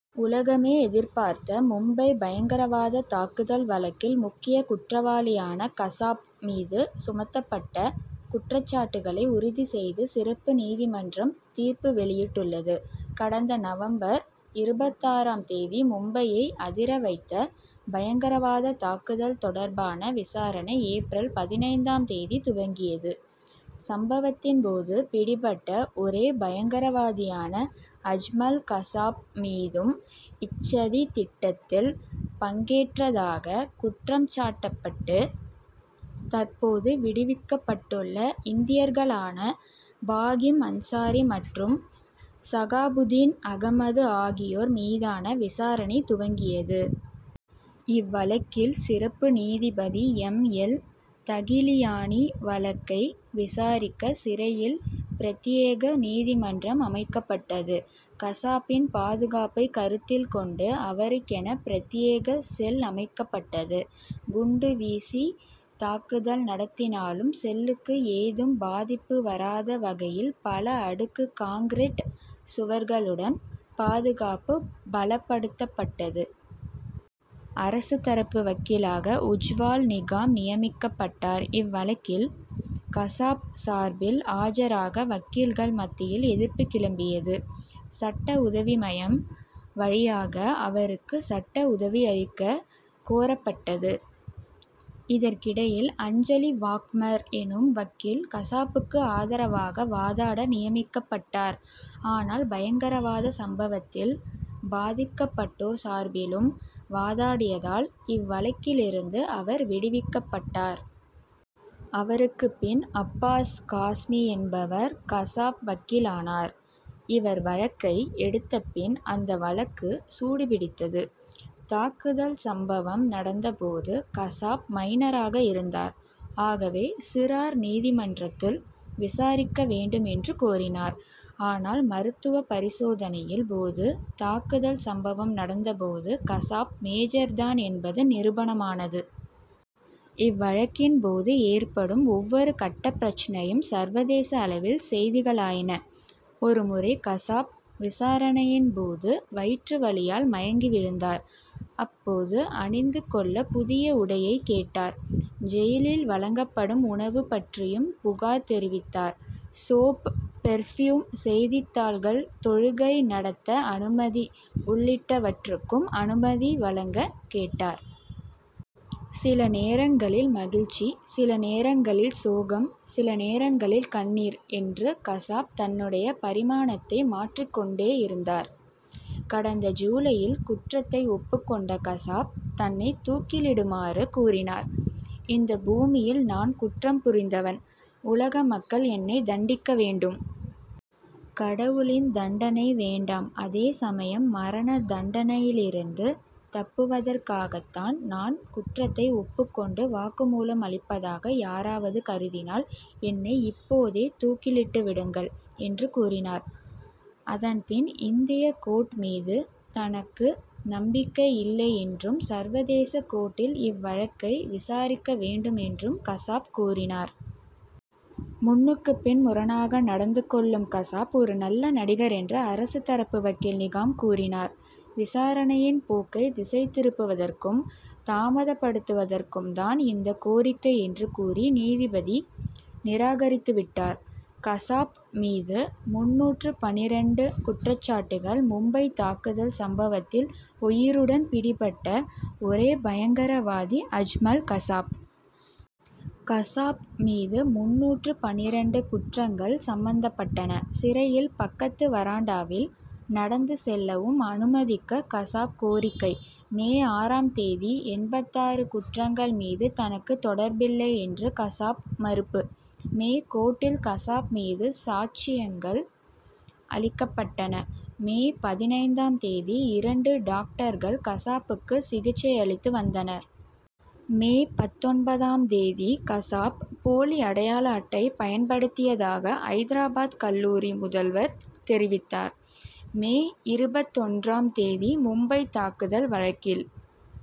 உலகமே எதிர்பார்த்த மும்பை பயங்கரவாத தாக்குதல் வழக்கில் முக்கிய குற்றவாளியான கசாப் மீது சுமத்தப்பட்ட குற்றச்சாட்டுகளை உறுதி செய்து சிறப்பு நீதிமன்றம் தீர்ப்பு வெளியிட்டுள்ளது. கடந்த நவம்பர் இருபத்தாறாம் தேதி மும்பையை அதிரவைத்த பயங்கரவாத தாக்குதல் தொடர்பான விசாரணை ஏப்ரல் பதினைந்தாம் தேதி துவங்கியது. சம்பவத்தின் போது பிடிபட்ட ஒரே பயங்கரவாதியான அஜ்மல் கசாப் மீதும் இச்சதி திட்டத்தில் பங்கேற்றதாக குற்றம்சாட்டப்பட்டு தற்போது விடுவிக்கப்பட்டுள்ள இந்தியர்களான பாகிம் அன்சாரி மற்றும் சகாபுதீன் அகமது ஆகியோர் மீதான விசாரணை துவங்கியது. இவ்வழக்கின் சிறப்பு நீதிபதி எம். எல். தகிலியானி வழக்கை விசாரிக்க சிறையில் பிரத்யேக நீதிமன்றம் அமைக்கப்பட்டது. கசாப்பின் பாதுகாப்பை கருத்தில் கொண்டு அவருக்கென பிரத்யேக செல் அமைக்கப்பட்டது. குண்டுவீசி தாக்குதல் நடத்தினாலும் செல்லுக்கு ஏதும் பாதிப்பு வராத வகையில் பல அடுக்கு கான்கிரீட் சுவர்களுடன் பாதுகாப்பு பலப்படுத்தப்பட்டது. அரசு தரப்பு வக்கீலாக உஜ்வால் நிகாம் நியமிக்கப்பட்டார். இவ்வழக்கில் கசாப் சார்பில் ஆஜராக வக்கீல்கள் மத்தியில் எதிர்ப்பு கிளம்பியது. சட்ட உதவி மையம் வழியாக அவருக்கு சட்ட உதவி அளிக்க கோரப்பட்டது. இதற்கிடையில் அஞ்சலி வாக்மர் எனும் வக்கீல் கசாப்புக்கு ஆதரவாக வாதாட நியமிக்கப்பட்டார். ஆனால் பயங்கரவாத சம்பவத்தில் பாதிக்கப்பட்டோர் சார்பிலும் வாதாடியதால் இவ்வழக்கிலிருந்து அவர் விடுவிக்கப்பட்டார். அவருக்கு பின் அப்பாஸ் காஸ்மி என்பவர் கசாப் வக்கீலானார். இவர் வழக்கை எடுத்த பின் அந்த வழக்கு சூடுபிடித்தது. தாக்குதல் சம்பவம் நடந்த போது கசாப் மைனராக இருந்தார். ஆகவே சிறார் நீதிமன்றத்தில் விசாரிக்க வேண்டும் என்று கோரினார். ஆனால் மருத்துவப் பரிசோதனையின் போது தாக்குதல் சம்பவம் நடந்த போது கசாப் மேஜர் தான் என்பது நிரூபணம் ஆனது. இவ்வழக்கின் போது ஏற்படும் ஒவ்வொரு கட்டப் பிரச்னையும் சர்வதேச அளவில் செய்திகளாயின. ஒரு முறை கசாப் விசாரணையின் போது வயிற்று வலியால் மயங்கி விழுந்தார். அப்போது அணிந்து கொள்ள புதிய உடையை கேட்டார். ஜெயிலில் வழங்கப்படும் உணவு பற்றியும் புகார் தெரிவித்தார். சோப் பெர்பியூம் செய்தித்தாள்கள் தொழுகை நடத்த அனுமதி உள்ளிட்டவற்றுக்கும் அனுமதி வழங்கக் கேட்டார். சில நேரங்களில் மகிழ்ச்சி சில நேரங்களில் சோகம் சில நேரங்களில் கண்ணீர் என்று கசாப் தன்னுடைய பரிமாணத்தை மாற்றிக் கொண்டே இருந்தார். கடந்த ஜூலையில் குற்றத்தை ஒப்புக் கொண்ட கசாப் தன்னை தூக்கிலிடுமாறு கூறினார். இந்த பூமியில் நான் குற்றம் புரிந்தவன். உலக மக்கள் என்னை தண்டிக்க வேண்டும். கடவுளின் தண்டனை வேண்டாம். அதே சமயம் மரண தண்டனையிலிருந்து தப்புவதற்காகத்தான் நான் குற்றத்தை ஒப்புக் கொண்டு வாக்குமூலம் அளிப்பதாக யாராவது கருதினால் என்னை இப்போதே தூக்கிலிட்டுவிடுங்கள் என்று கூறினார். அதன் பின் இந்திய கோர்ட் மீது தனக்கு நம்பிக்கை இல்லை என்றும் சர்வதேச கோர்ட்டில் இவ்வழக்கை விசாரிக்க வேண்டும் என்றும் கசாப் கூறினார். முன்னுக்குப்பின் முரணாக நடந்து கொள்ளும் கசாப் ஒரு நல்ல நடிகர் என்று அரசு தரப்பு வக்கீல் நிகாம் கூறினார். விசாரணையின் போக்கை திசை திருப்புவதற்கும் தாமதப்படுத்துவதற்கும்தான் இந்த கோரிக்கை என்று கூறி நீதிபதி நிராகரித்துவிட்டார். கசாப் மீது முந்நூற்று பன்னிரண்டு குற்றச்சாட்டுகள் மும்பைத் தாக்குதல் சம்பவத்தில் உயிருடன் பிடிபட்ட ஒரே பயங்கரவாதி அஜ்மல் கசாப். கசாப் மீது முந்நூற்று பன்னிரண்டு குற்றங்கள் சம்மந்தப்பட்டன. சிறையில் பக்கத்து வராண்டாவில் நடந்து செல்லவும் அனுமதிக்க கசாப் கோரிக்கை. மே ஆறாம் தேதி எண்பத்தாறு குற்றங்கள் மீது தனக்கு தொடர்பில்லை என்று கசாப் மறுப்பு. மே கோர்ட்டில் கசாப் மீது சாட்சியங்கள் அளிக்கப்பட்டன. மே பதினைந்தாம் தேதி இரண்டு டாக்டர்கள் கசாப்புக்கு சிகிச்சை அளித்து வந்தனர். மே பத்தொன்பதாம் தேதி கசாப் போலி அடையாள அட்டை பயன்படுத்தியதாக ஐதராபாத் கல்லூரி முதல்வர் தெரிவித்தார். மே இருபத்தொன்றாம் தேதி மும்பைத் தாக்குதல் வழக்கில்.